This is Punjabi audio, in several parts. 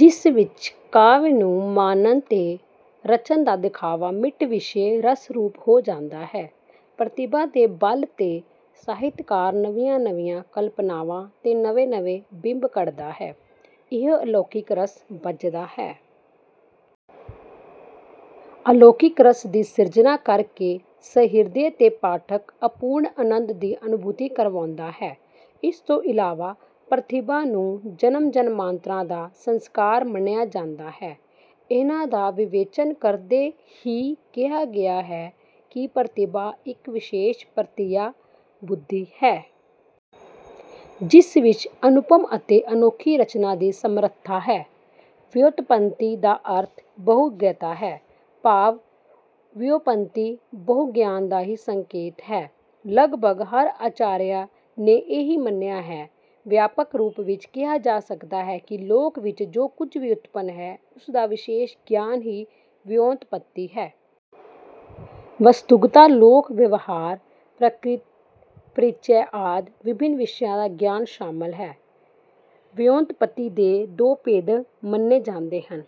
ਜਿਸ ਵਿੱਚ ਕਾਵਿ ਨੂੰ ਮਾਨਣ ਤੇ ਰਚਨ ਦਾ ਵਿਖਾਵਾ ਮਿਟ ਵਿਸ਼ੈ ਰਸ ਰੂਪ ਹੋ ਜਾਂਦਾ ਹੈ। ਪ੍ਰਤਿਭਾ ਦੇ ਬਲ ਤੇ ਸਾਹਿਤਕਾਰ ਨਵੀਆਂ ਨਵੀਆਂ ਕਲਪਨਾਵਾਂ ਤੇ ਨਵੇਂ-ਨਵੇਂ ਬਿੰਬ ਘੜਦਾ ਹੈ। ਇਉਂ ਅਲੌਕਿਕ ਰਸ ਬੱਝਦਾ ਹੈ। ਅਲੌਕਿਕ ਰਸ ਦੀ ਸਿਰਜਣਾ ਕਰਕੇ ਸਹ੍ਰਿਦਯ ਤੇ ਪਾਠਕ ਅਪੂਰਨ ਅਨੰਦ ਦੀ ਅਨੁਭੂਤੀ ਕਰਵਾਉਂਦਾ ਹੈ। ਇਸ ਤੋਂ ਇਲਾਵਾ ਪ੍ਰਤਿਭਾ ਨੂੰ ਜਨਮ ਜਨਮਾਂਤਰਾਂ ਦਾ ਸੰਸਕਾਰ ਮੰਨਿਆ ਜਾਂਦਾ ਹੈ। ਇਹਨਾਂ ਦਾ ਵਿਵੇਚਨ ਕਰਦੇ ਹੀ ਕਿਹਾ ਗਿਆ ਹੈ ਕਿ ਪ੍ਰਤਿਭਾ ਇੱਕ ਵਿਸ਼ੇਸ਼ ਪ੍ਰਤਿਆ ਬੁੱਧੀ ਹੈ। ਜਿਸ ਵਿੱਚ ਅਨੁਪਮ ਅਤੇ ਅਨੋਖੀ ਰਚਨਾ ਦੀ ਸਮਰੱਥਾ ਹੈ। ਵਿਉਂਤਪਤੀ ਦਾ ਅਰਥ ਬਹੁ-ਗਯਤਾ ਹੈ। ਭਾਵ ਵਿਉਂਪਤੀ ਬਹੁ-ਗਿਆਨ ਦਾ ਹੀ ਸੰਕੇਤ ਹੈ। ਲਗਭਗ ਹਰ ਆਚਾਰੀਆਂ ਨੇ ਇਹ ਹੀ ਮੰਨਿਆ ਹੈ। ਵਿਆਪਕ ਰੂਪ ਵਿੱਚ ਕਿਹਾ ਜਾ ਸਕਦਾ ਹੈ ਕਿ ਲੋਕ ਵਿੱਚ ਜੋ ਕੁੱਝ ਹੀ ਉਤਪਨ ਹੈ, ਉਸਦਾ ਵਿਸ਼ੇਸ਼ ਗਿਆਨ ਹੀ ਵਿਉਂਤਪਤੀ ਹੈ। ਵਸਤੂਗਤਾ, ਲੋਕ ਵਿਵਹਾਰ, ਪ੍ਰਕ੍ਰਿਤ ਪਰਿਚੈ ਆਦਿ ਵਿਭਿੰਨ ਵਿਸ਼ਿਆਂ ਦਾ ਗਿਆਨ ਸ਼ਾਮਲ ਹੈ। ਵਿਉਂਤਪਤੀ ਦੇ ਦੋ ਭੇਦ ਮੰਨੇ ਜਾਂਦੇ ਹਨ।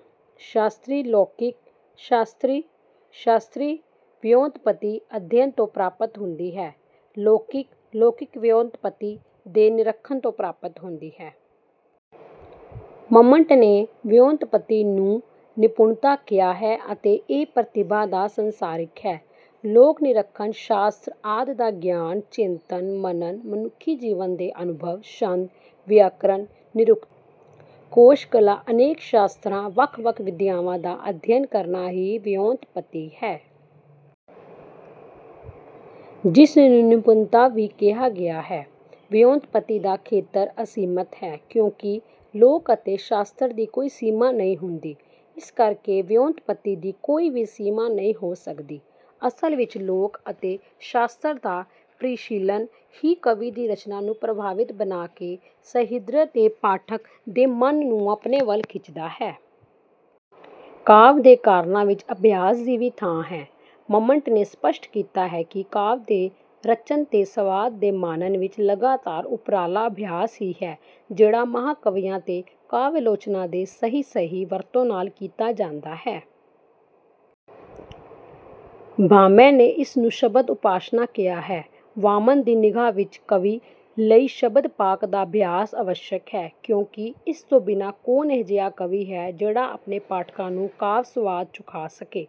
ਸ਼ਾਸਤਰੀ ਲੌਕਿਕ ਸ਼ਾਸਤਰੀ: ਸ਼ਾਸਤਰੀ ਵਿਉਂਤਪਤੀ ਅਧਿਐਨ ਤੋਂ ਪ੍ਰਾਪਤ ਹੁੰਦੀ ਹੈ। ਲੌਕਿਕ: ਲੌਕਿਕ ਵਿਉਂਤਪਤੀ ਦੇ ਨਿਰੀਖਣ ਤੋਂ ਪ੍ਰਾਪਤ ਹੁੰਦੀ ਹੈ। ਮੰਮਟ ਨੇ ਵਿਉਂਤਪਤੀ ਨੂੰ ਨਿਪੁਨਤਾ ਕਿਹਾ ਹੈ ਅਤੇ ਇਹ ਪ੍ਰਤਿਭਾ ਦਾ ਸੰਸਾਰਿਕ ਹੈ। ਲੋਕ ਨਿਰੀਖਣ, ਸ਼ਾਸਤਰ ਆਦਿ ਦਾ ਗਿਆਨ, ਚਿੰਤਨ, ਮਨਨ, ਮਨੁੱਖੀ ਜੀਵਨ ਦੇ ਅਨੁਭਵ, ਛੰਦ, ਵਿਅਕਰਨ, ਨਿਰੁਕਤੀ, ਕੋਸ਼ ਕਲਾ ਅਨੇਕ ਸ਼ਾਸਤਰਾਂ, ਵੱਖ-ਵੱਖ ਵਿਦਿਆਵਾਂ ਦਾ ਅਧਿਐਨ ਕਰਨਾ ਹੀ ਵਿਉਂਤਪਤੀ ਹੈ। ਜਿਸ ਨੂੰ ਨਿਪੁੰਨਤਾ ਵੀ ਕਿਹਾ ਗਿਆ ਹੈ। ਵਿਉਂਤਪਤੀ ਦਾ ਖੇਤਰ ਅਸੀਮਤ ਹੈ, ਕਿਉਂਕਿ ਲੋਕ ਅਤੇ ਸ਼ਾਸਤਰ ਦੀ ਕੋਈ ਸੀਮਾ ਨਹੀਂ ਹੁੰਦੀ। ਇਸ ਕਰਕੇ ਵਿਉਂਤਪਤੀ ਦੀ ਕੋਈ ਵੀ ਸੀਮਾ ਨਹੀਂ ਹੋ ਸਕਦੀ। ਅਸਲ ਵਿੱਚ ਲੋਕ ਅਤੇ ਸ਼ਾਸਤਰ ਦਾ ਪਰਿਸ਼ੀਲਨ ਹੀ ਕਵੀ ਦੀ ਰਚਨਾ ਨੂੰ ਪ੍ਰਭਾਵਿਕ ਬਣਾ ਕੇ ਸਹ੍ਰਿਦਯ ਤੇ ਪਾਠਕ ਦੇ ਮਨ ਨੂੰ ਆਪਣੇ ਵੱਲ ਖਿੱਚਦਾ ਹੈ। ਕਾਵਿ ਦੇ ਕਾਰਣਾਂ ਵਿੱਚ ਅਭਿਆਸ ਦੀ ਵੀ ਥਾਂ ਹੈ। ਮੰਮਟ ਨੇ ਸਪੱਸ਼ਟ ਕੀਤਾ ਹੈ ਕਿ ਕਾਵਿ ਦੇ ਰਚਨ ਤੇ ਸਵਾਦ ਦੇ ਮਾਣਨ ਵਿੱਚ ਲਗਾਤਾਰ ਉਪਰਾਲਾ ਅਭਿਆਸ ਹੀ ਹੈ। ਜਿਹੜਾ ਮਹਾਂ ਕਵੀਆਂ ਤੇ ਕਾਵਿ ਆਲੋਚਕਾਂ ਦੇ ਸਹੀ-ਸਹੀ ਵਰਤੋਂ ਨਾਲ ਕੀਤਾ ਜਾਂਦਾ ਹੈ। ਭਾਮਹ ਨੇ ਇਸ ਨੂੰ ਸ਼ਬਦ ਉਪਾਸ਼ਨਾ ਕਿਹਾ ਹੈ। ਵਾਮਨ ਦੀ ਨਿਗ੍ਹਾ ਵਿੱਚ ਕਵੀ ਲਈ ਸ਼ਬਦ ਪਾਕ ਦਾ ਅਭਿਆਸ ਅਵੱਸ਼ਕ ਹੈ। ਕਿਉਂਕਿ ਇਸ ਤੋਂ ਬਿਨਾਂ ਕੌਣ ਅਜਿਹਾ ਕਵੀ ਹੈ, ਜਿਹੜਾ ਆਪਣੇ ਪਾਠਕਾਂ ਨੂੰ 'ਕਾਵਿ ਸਵਾਦ ਚੁਖਾ ਸਕੇ।